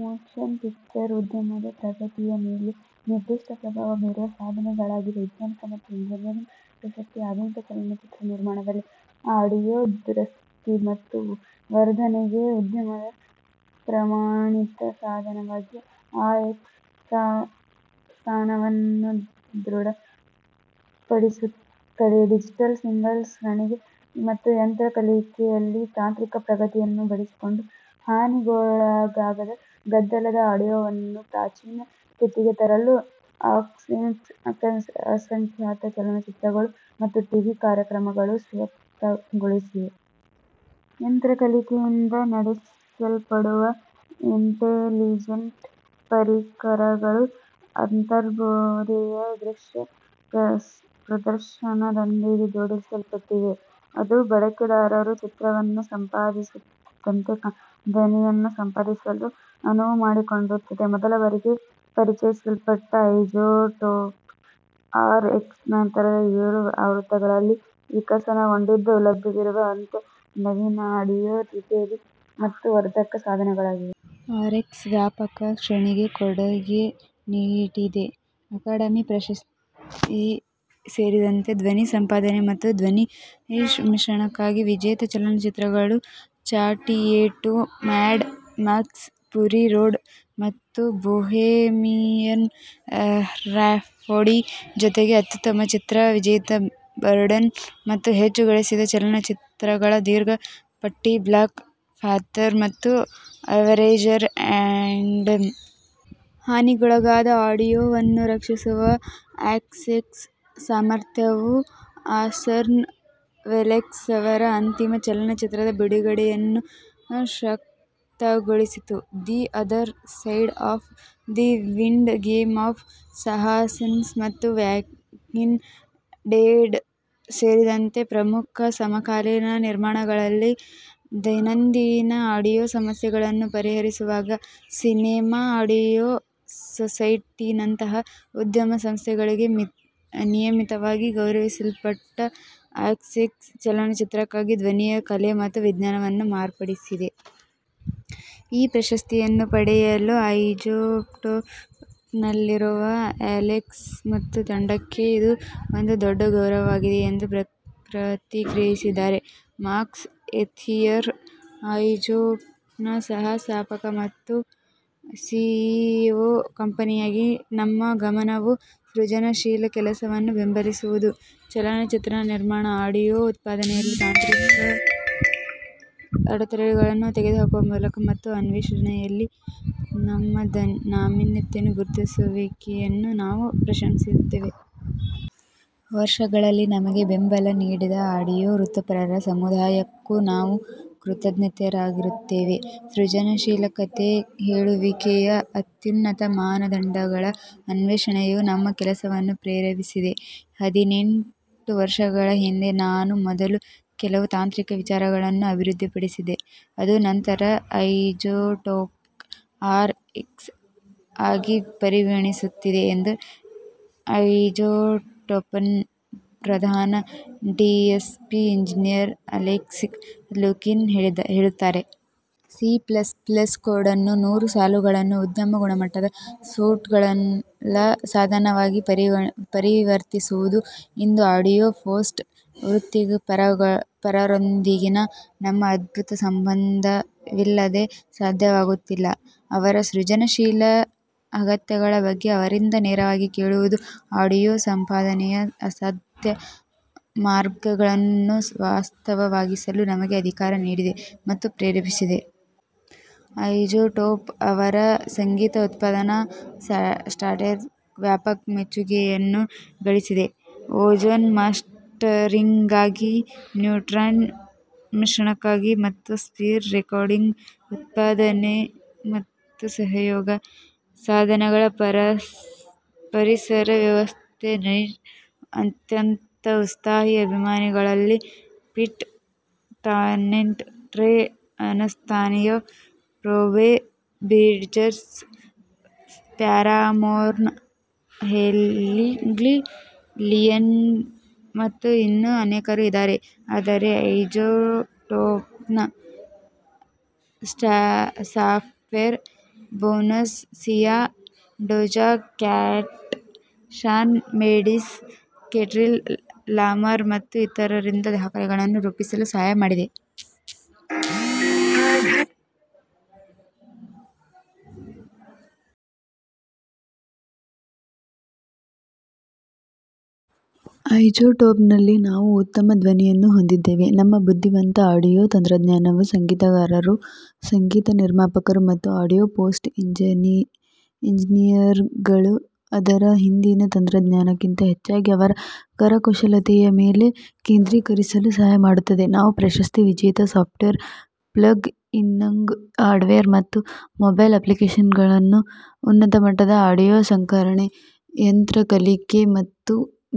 Motion picture ಉದ್ಯಮದ ಪ್ರಗತಿಯ ಮೇಲೆ ನಿರ್ದಿಷ್ಟ ಪ್ರಭಾವ ಬೀರುವ ಸಾಧನೆಗಳಗಿದೇ, ವೈಜ್ಞಾನಿಕ ಮತ್ತು ಎಂಜಿನಿಯರಿಂಗ್ ಪ್ರಶಸ್ತಿ ಆಧುನಿಕ ಚಲನಚಿತ್ರ ನಿರ್ಮಾಣದಲ್ಲಿ ಆಡಿಯೊ ದುರಸ್ತಿ ಮತ್ತು ವರ್ಧನೆಗೆ ಉದ್ಯಮದ ಪ್ರಮಾಣಿತ ಸಾಧನವಾಗಿ ಆರ್ ಎಕ್ಸ್ನ ಸ್ಥಾನಮಾನವನ್ನು ದೃಢ ಪಡಿಸುತ್ತದೆ. ಡಿಜಿಟಲ್ ಸಿಗ್ನಲ್ ಸಂಸ್ಕರಣೆ ಮತ್ತು ಯಂತ್ರ ಕಲಿಕೆಯಲ್ಲಿ ತಾಂತ್ರಿಕ ಪ್ರಗತಿಯನ್ನು ಬಳಸಿಕೊಂಡು, ಹಾನಿಗೊಳಗಾದ, ಗದ್ದಲದ ಆಡಿಯೊವನ್ನು ಪ್ರಾಚೀನ ಸ್ಥಿತಿಗೆ ತರಲು ಆರ್ಎಕ್ಸ್ ಅಸಂಖ್ಯಾತ ಚಲನಚಿತ್ರಗಳು ಮತ್ತು ಟಿವಿ ಕಾರ್ಯಕ್ರಮಗಳನ್ನು ಶಕ್ತಗೊಳಿಸಿದೆ. ಯಂತ್ರ ಕಲಿಕೆಯಿಂದ ನಡೆಸಲ್ಪಡುವ ಇಂಟೆಲಿಜೆಂಟ್ ಪರಿಕರಗಳು ಅಂತರ್ಬೋಧೆಯ ದೃಶ್ಯ ಪ್ರದರ್ಶನದೊಂದಿಗೆ ಜೋಡಿಸಲ್ಪಟ್ಟಿವೆ, ಅದು ಬಳಕೆದಾರರು ಚಿತ್ರವನ್ನು ಸಂಪಾದಿಸುತ್ತಿದ್ದಂತೆ ಧ್ವನಿಯನ್ನು ಸಂಪಾದಿಸಲು ಅನುವು ಮಾಡಿಕೊಡುತ್ತದೆ. ಮೊದಲ ಬಾರಿಗೆ ಪರಿಚಯಿಸಲ್ಪಟ್ಟ ಐಜೋಟೋಪ್ ಆರ್ ಎಕ್ಸ್ ನಂತರದ ಏಳು ಆವೃತ್ತಿಗಳಲ್ಲಿ ವಿಕಸನಗೊಂಡಿದ್ದು, ಲಭ್ಯವಿರುವ ಅತ್ಯಂತ ನವೀನ ಆಡಿಯೊ ರಿಪೇರಿ ಮತ್ತು ವರ್ಧಕ ಸಾಧನಗಳಾಗಿವೆ. ಆರ್ ಎಕ್ಸ್ ವ್ಯಾಪಕ ಶ್ರೇಣಿಗೆ ಕೊಡುಗೆ ನೀಡಿದೆ ಅಕಾಡಮಿ ಪ್ರಶಸ್ತಿಸೇರಿದಂತೆ ಧ್ವನಿ ಸಂಪಾದನೆ ಮತ್ತು ಧ್ವನಿ ಮಿಶ್ರಣಕ್ಕಾಗಿ ವಿಜೇತ ಚಲನಚಿತ್ರಗಳು ಚಾಟಿಯೇಟು, ಮ್ಯಾಡ್ ಮ್ಯಾಕ್ಸ್: ಫ್ಯೂರಿ ರೋಡ್, ಮತ್ತು ಬೊಹೆಮಿಯನ್ ರಾಪ್ಸೋಡಿ, ಜೊತೆಗೆ ಅತ್ಯುತ್ತಮ ಚಿತ್ರ ವಿಜೇತ ಬರ್ಡ್ಮನ್ ಮತ್ತು ಹೆಚ್ಚು ಗಳಿಸಿದ ಚಲನಚಿತ್ರಗಳ ದೀರ್ಘ ಪಟ್ಟಿ ಬ್ಲಾಕ್ ಪ್ಯಾಂಥರ್ ಮತ್ತು ಅವೆಂಜರ್ಸ್: ಎಂಡ್ಗೇಮ್. ಹಾನಿಗೊಳಗಾದ ಆಡಿಯೊವನ್ನು ರಕ್ಷಿಸುವ ಆರ್ಎಕ್ಸ್ ಸಾಮರ್ಥ್ಯವು ಆರ್ಸನ್ ವೆಲ್ಲೆಸ್ ಅವರ ಅಂತಿಮ ಚಲನಚಿತ್ರದ ಬಿಡುಗಡೆಯನ್ನು ಶಕ್ತಗೊಳಿಸಿತು The Other Side of the Wind "Game of ಸಿಂಹಾಸನ" ಮತ್ತು "ವಾಕಿಂಗ್ ಡೆಡ್" ಸೇರಿದಂತೆ ಪ್ರಮುಖ ಸಮಕಾಲೀನ ನಿರ್ಮಾಣಗಳಲ್ಲಿ ದೈನಂದಿನ ಆಡಿಯೊ ಸಮಸ್ಯೆಗಳನ್ನು ಪರಿಹರಿಸುವಾಗ. ಸಿನೆಮಾ ಆಡಿಯೊ ಸೊಸೈಟಿ ನಂತಹ ಉದ್ಯಮ ಸಂಸ್ಥೆಗಳಿಂದ ನಿಯಮಿತವಾಗಿ ಗೌರವಿಸಲ್ಪಟ್ಟ ಆರ್ಎಕ್ಸ್ ಚಲನಚಿತ್ರಕ್ಕಾಗಿ ಧ್ವನಿಯ ಕಲೆ ಮತ್ತು ವಿಜ್ಞಾನವನ್ನು ಮಾರ್ಪಡಿಸಿದೆ. "ಈ ಪ್ರಶಸ್ತಿಯನ್ನು ಪಡೆಯಲು ಐಜೋಟೋಪ್ನಲ್ಲಿರುವ ಅಲೆಕ್ಸಿ ಮತ್ತು ತಂಡಕ್ಕೆ ಇದು ಒಂದು ದೊಡ್ಡ ಗೌರವವಾಗಿದೆ" ಎಂದು ಪ್ರತಿಕ್ರಿಯಿಸಿದ್ದಾರೆ ಮಾರ್ಕ್ ಎಥಿಯರ್, ಐಜೋಟೋಪ್ನ ಸಹ-ಸ್ಥಾಪಕ ಮತ್ತು ಸಿಇಒ. "ಕಂಪನಿಯಾಗಿ ನಮ್ಮ ಗಮನವು ಸೃಜನಶೀಲ ಕೆಲಸವನ್ನು ಬೆಂಬಲಿಸುವುದು ಚಲನಚಿತ್ರ ನಿರ್ಮಾಣ ಆಡಿಯೊ ಉತ್ಪಾದನೆಯಲ್ಲಿ ತಾಂತ್ರಿಕ ಅಡೆತಡೆಗಳನ್ನು ತೆಗೆದುಹಾಕುವ ಮೂಲಕ, ಮತ್ತು ಈ ಅನ್ವೇಷಣೆಯಲ್ಲಿ ನಮ್ಮ ನಾವೀನ್ಯತೆಯ ಗುರುತಿಸುವಿಕೆಯನ್ನು ನಾವು ಪ್ರಶಂಸಿಸುತ್ತೇವೆ. ವರ್ಷಗಳಲ್ಲಿ ನಮಗೆ ಬೆಂಬಲ ನೀಡಿದ ಆಡಿಯೊ ವೃತ್ತಿಪರರ ಸಮುದಾಯಕ್ಕೂ ನಾವು ಕೃತಜ್ಞರಾಗಿರುತ್ತೇವೆ. ಸೃಜನಶೀಲ ಕಥೆ ಹೇಳುವಿಕೆಯ ಅತ್ಯುನ್ನತ ಮಾನದಂಡಗಳ ಅನ್ವೇಷಣೆಯು ನಮ್ಮ ಕೆಲಸವನ್ನು ಪ್ರೇರೇಪಿಸಿದೆ. " ಹದಿನೆಂಟು ವರ್ಷಗಳ ಹಿಂದೆ ನಾನು ಮೊದಲು ಕೆಲವು ತಾಂತ್ರಿಕ ವಿಚಾರಗಳನ್ನು ಅಭಿವೃದ್ಧಿಪಡಿಸಿದೆ, ಅದು ನಂತರ ಐಜೋಟೋಪ್ ಆರ್ ಎಕ್ಸ್ ಆಗಿ ಪರಿಣಮಿಸುತ್ತದೆ" ಎಂದು ಐಜೋಟೋಪ್ನ ಪ್ರಧಾನ ಡಿಎಸ್ಪಿ ಎಂಜಿನಿಯರ್ ಅಲೆಕ್ಸಿ ಲುಕಿನ್ ಹೇಳುತ್ತಾರೆ. "ಸಿ ಪ್ಲಸ್ ಪ್ಲಸ್ ಕೋಡ್ನ ನೂರು ಸಾಲುಗಳನ್ನು ಉದ್ಯಮ-ಗುಣಮಟ್ಟದ ಸೂಟ್ಗಳ ಸಾಧನವಾಗಿ ಪರಿವರ್ತಿಸುವುದು ಇಂದು ಆಡಿಯೊ ಪೋಸ್ಟ್ ವೃತ್ತಿಪರರೊಂದಿಗಿನ ನಮ್ಮ ಅದ್ಭುತ ಸಂಬಂಧವಿಲ್ಲದೆ ಸಾಧ್ಯವಾಗುತ್ತಿರಲಿಲ್ಲ. ಅವರ ಸೃಜನಶೀಲ ಅಗತ್ಯಗಳ ಬಗ್ಗೆ ಅವರಿಂದ ನೇರವಾಗಿ ಕೇಳುವುದು ಆಡಿಯೊ ಸಂಪಾದನೆಯ ಅಸಾಧ್ಯ ಮಾರ್ಗಗಳನ್ನು ವಾಸ್ತವವಾಗಿಸಲು ನಮಗೆ ಅಧಿಕಾರ ನೀಡಿದೆ ಮತ್ತು ಪ್ರೇರೇಪಿಸಿದೆ. " ಐಜೋಟೋಪ್ ಅವರ ಸಂಗೀತ ಉತ್ಪಾದನಾ ಸಾಫ್ಟ್ವೇರ್ಗೆ ವ್ಯಾಪಕ ಮೆಚ್ಚುಗೆಯನ್ನು ಗಳಿಸಿದೆ ಓಝೋನ್ ಮಾಸ್ಟರಿಂಗ್ಗಾಗಿ, ನ್ಯೂಟ್ರಾನ್ ಮಿಶ್ರಣಕ್ಕಾಗಿ, ಮತ್ತು ಸ್ಪಿರ್ ರೆಕಾರ್ಡಿಂಗ್, ಉತ್ಪಾದನೆ ಮತ್ತು ಸಹಯೋಗ ಸಾಧನಗಳ ಪರಿಸರ ವ್ಯವಸ್ಥೆ. ಸ್ಪೈರ್ನ ಅತ್ಯಂತ ಉತ್ಸಾಹಿ ಅಭಿಮಾನಿಗಳಲ್ಲಿ Pete Townshend, Trey Anastasio, Phoebe Bridgers, ಪ್ಯಾರಾಮೋರ್ನ ಹೇಯ್ಲಿ ವಿಲಿಯಮ್ಸ್ ಮತ್ತು ಇನ್ನೂ ಅನೇಕರು ಇದ್ದಾರೆ, ಆದರೆ ಐಜೋಟೋಪ್ನ software Beyonce, Sia, Doja Cat, Shawn Mendes, Kendrick Lamar ಮತ್ತು ಇತರರಿಂದ ದಾಖಲೆಗಳನ್ನು ರೂಪಿಸಲು ಸಹಾಯ ಮಾಡಿದೆ. ಐಜೋಟೋಪ್ನಲ್ಲಿ, ನಾವು ಉತ್ತಮ ಧ್ವನಿಯನ್ನು ಹೊಂದಿದ್ದೇವೆ. ನಮ್ಮ ಬುದ್ಧಿವಂತ ಆಡಿಯೊ ತಂತ್ರಜ್ಞಾನವು ಸಂಗೀತಗಾರರು, ಸಂಗೀತ ನಿರ್ಮಾಪಕರು ಮತ್ತು ಆಡಿಯೊ ಪೋಸ್ಟ್ ಎಂಜಿನಿಯರ್ಗಳು ಅದರ ಹಿಂದಿನ ತಂತ್ರಜ್ಞಾನಕ್ಕಿಂತ ಹೆಚ್ಚಾಗಿ ಅವರ ಕರಕುಶಲತೆಯ ಮೇಲೆ ಕೇಂದ್ರೀಕರಿಸಲು ಸಹಾಯ ಮಾಡುತ್ತದೆ. ನಾವು ಪ್ರಶಸ್ತಿ ವಿಜೇತ ಸಾಫ್ಟ್ವೇರ್, ಪ್ಲಗ್-ಇನ್ಗಳು, ಹಾರ್ಡ್ವೇರ್ ಮತ್ತು ಮೊಬೈಲ್ ಅಪ್ಲಿಕೇಶನ್ಗಳನ್ನು ಉನ್ನತ ಗುಣಮಟ್ಟದ ಆಡಿಯೊ ಸಂಸ್ಕರಣೆ, ಯಂತ್ರ ಕಲಿಕೆ ಮತ್ತು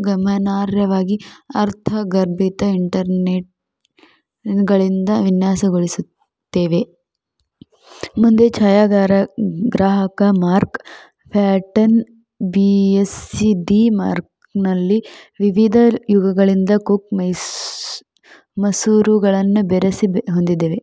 ಗಮನಾರ್ಹವಾಗಿ ಅರ್ಥಗರ್ಭಿತ ಇಂಟರ್ಫೇಸ್ಗಳಿಂದ ವಿನ್ಯಾಸಗೊಳಿಸುತ್ತೇವೆ. ಮುಂದೆ: ಛಾಯಾಗ್ರಾಹಕ ಮಾರ್ಕ್ ಪ್ಯಾಟನ್ ಬಿಎಸ್ಸಿ ದಿ ಮಾರ್ಕ್ಸ್ಮನ್ನಲ್ಲಿ ವಿವಿಧ ಯುಗಗಳಿಂದ ಕುಕ್ ಮಸೂರಗಳನ್ನು ಬೆರೆಸಿ ಹೊಂದಿಸುತ್ತದೆ.